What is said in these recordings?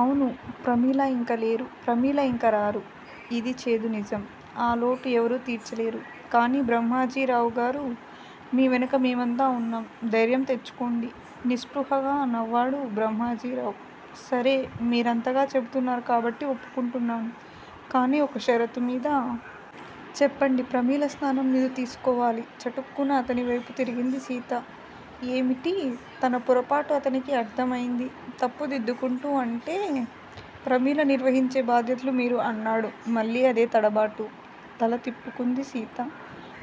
అవును? ప్రమీల ఇంక లేరు! ప్రమీల ఇంక రారు! ఇది చేదునిజం! ఆ లోటు ఎవరూ తీర్చలేరు! కానీ బ్రహ్మాజీరావుగారూ! మీ వెనక మేమంతా ఉన్నాం! ధైర్యం తెచ్చుకోండి! నిస్పృహగా నవ్వాడు బ్రహ్మాజీరావు. సరే! మీరంతగా చెబుతున్నారు కాబట్టి ఒప్పుకుంటున్నాను. కానీ ఒక షరతు మీద! చెప్పండి ప్రమీల స్థానం మీరు తీసుకోవాలి చటుక్కున అతనివైపు తిరిగింది సీత. ఏమిటి? తనపొరపాటు అతనికి అర్ధం అయింది. తప్పు దిద్దుకుంటూ అంటే, ప్రమీల నిర్వహించే బాధ్యతలు మీరు అన్నాడు మళ్ళీ అదే తడబాటు. తల తిప్పుకుంది సీత.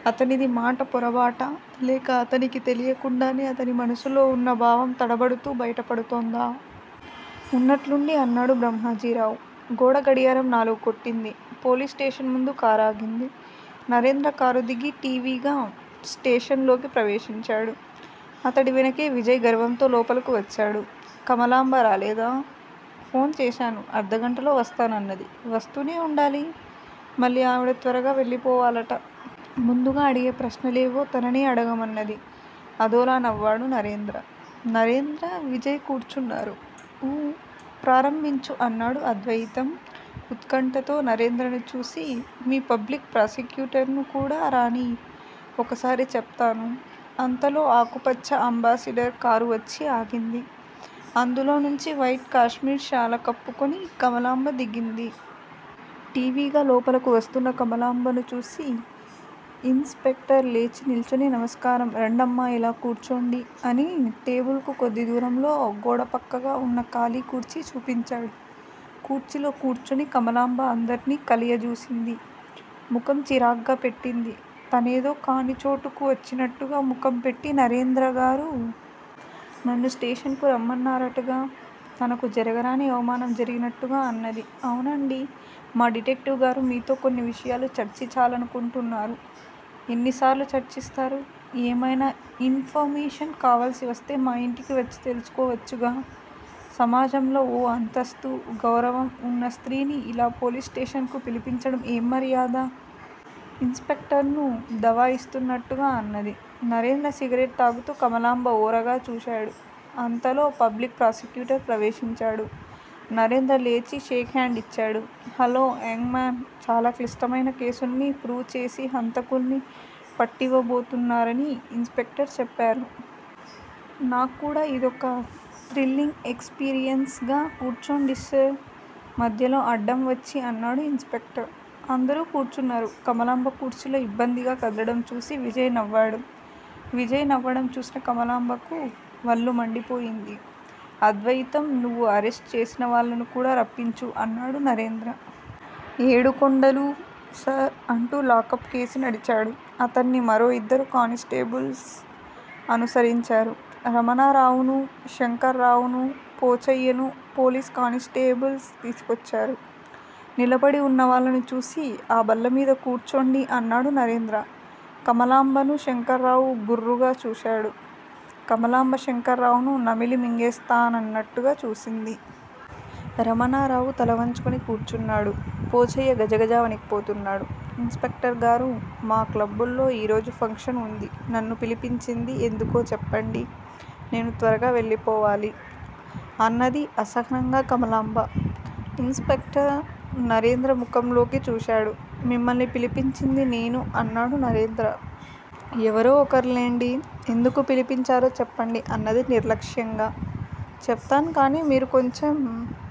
అతనిది మాట పొరబాటా? లేక, అతనికి తెలియకుండానే అతని మనసులో ఉన్న భావం తడబడుతూ బయటపడుతోందా? ఉన్నట్లుండి అన్నాడు బ్రహ్మాజీరావు. గోడ గడియారం నాలుగు కొట్టింది, పోలీసు స్టేషన్ ముందు కారాగింది. నరేంద్ర కారుదిగి ఠీవిగా స్టేషన్ లోకి ప్రవేశించాడు. అతడి వెనకే విజయ్ గర్వంతో లోపలకు వచ్చాడు. కమలాంబ రాలేదా? ఫోన్ చేశాను. అర్థగంటలో వస్తానన్నది. వస్తూనే ఉండాలి. మళ్లీ ఆవిడ త్వరగా వెళ్ళిపోవాలట. ముందుగా అడిగే ప్రశ్నలేవో తననే అడగమన్నది. అదోలా నవ్వాడు నరేంద్ర. నరేంద్ర, విజయ్ కూర్చున్నారు. ఊ! ప్రారంభించు అన్నాడు అద్వయితం ఉత్కంఠతో నరేంద్రను చూసి. మీ పబ్లిక్ ప్రాసిక్యూటర్ ను కూడా రానియ్. ఒకసారి చెప్తాను. అంతలో ఆకుపచ్చ అంబాసిడర్ కారు వచ్చి ఆగింది. అందులో నుంచి వైట్ కాశ్మీర్ శాల కప్పుకొని కమలాంబ దిగింది. ఠీవిగా లోపలకు వస్తున్నా కమలాంబను చూసి ఇన్స్ స్పెక్టర్ లేచినిల్చుని నమస్కారం రండమ్మా ఇలా కూర్చోండి. అని టేబుల్ కు కొద్ది దూరంలో గోడపక్కగా ఉన్న ఖాలీ కుర్చీ చూపించాడు. కుర్చీలో కూర్చుని కమలాంబ అందర్నీ కలియజూసింది. ముఖం చిరాగ్గా పెట్టింది. తనేదో కానిచోటుకు వచ్చినట్టుగా ముఖం పెట్టి నరేంద్రగారూ! నన్ను స్టేషన్ కు రమ్మన్నారటగా? తనకు జరగరాని అవమానం జరిగినట్టుగా అన్నది. అవునండీ! మా డిటెక్టివ్ గారు మీతో కొన్ని విషయాలు చర్చిచాలను కొంటున్నారు. ఎన్నిసార్లు చర్చిస్తారు? ఏమైనా ఇన్ ఫర్ మేషన్ కావాల్సివస్తే మా ఇంటికి వచ్చి తెలుసుకోవచ్చుగా? సమాజంలో ఓ అంతస్థూ, గౌరవం ఉన్న స్త్రీని ఇలా పోలీసు స్టేషన్కు పిలిపించడం ఏంమర్యాద? ఇన్స్ స్పెక్టర్ ను దవాయిస్తున్నట్టుగా అన్నది. నరేంద్ర సిగరెట్ తాగుతూ కమలాంబ ఓరగా చూశాడు. అంతలో పబ్లిక్ ప్రాసిక్యూటర్ ప్రవేశించాడు. నరేంద్ర లేచి షేక్ హాండ్ ఇచ్చాడు, హల్లో యంగ్ మాన్ చాలా క్లిష్టమైన కేసుల్ని ప్రూవ్ చేసి హంతకుల్ని పట్టివ్వబోతున్నారని ఇన్స్ స్పెక్టర్ చెప్పారు. నాక్కూడా ఇదొక థ్రిల్లింగ్ ఎక్స్ పీరియన్స్ గా కూర్చొండి సార్! మధ్యలో అడ్డంవచ్చి అన్నాడు ఇన్స్ స్పెక్టర్. అందరూ కూర్చున్నారు. కమలాంబ కుర్చీలో ఇబ్బందిగా కదలడం చూసి విజయ్ నవ్వాడు. విజయ్ నవ్వడం చూసిన కమలాంబకు వళ్ళు మండిపోయింది. అద్వయితం నువ్వు అరెస్టు చేసినవాళ్ళను కూడా రప్పించు అన్నాడు నరేంద్ర. ఏడుకొండలూ! సార్ అంటూ లాకప్ కేసి నడిచాడు. అతడ్ని మరో ఇద్దరు కాని స్టేబుల్స్ అనుసరించారు. రమణారావునూ, శంకర్రావూనూ, పోచయ్యను పోలీసు కానిస్టేబుల్స్ తీసుకొచ్చారు. నిలబడి ఉన్నవాళ్ళను చూసి ఆ బల్లమీద కూర్చొండి అన్నాడు నరేంద్ర. కమలాంబను శంకర్రావు గుర్రుగా చూశాడు. కమలాంబ శంకర్రావును నమిలి మింగేస్తానన్నట్టుగా చూసింది. రమణారావు తలవంచుకొని కూర్చున్నాడు. పోచయ్య గజగజ వణికిపోతున్నాడు. ఇన్స్ స్పెక్టర్ గారూ! మా క్లబ్బుల్లో ఈరోజు ఫంక్షన్ ఉంది. నన్ను పిలిపించింది ఎందుకో చెప్పండి. నేను త్వరగా వెళ్ళిపోవాలి. అన్నది అసహనంగా కమలాంబ. ఇన్స్ స్పెక్టర్ నరేంద్ర ముఖంలోకి చూశాడు. మిమ్మల్ని పిలిపించింది నేను అన్నాడు నరేంద్ర. ఎవరో ఒకరు లెండి. ఎందుకు పిలిపించారో చెప్పండి అన్నది నిర్లక్ష్యంగా. చెప్తాను కాని మీరు కొంచెం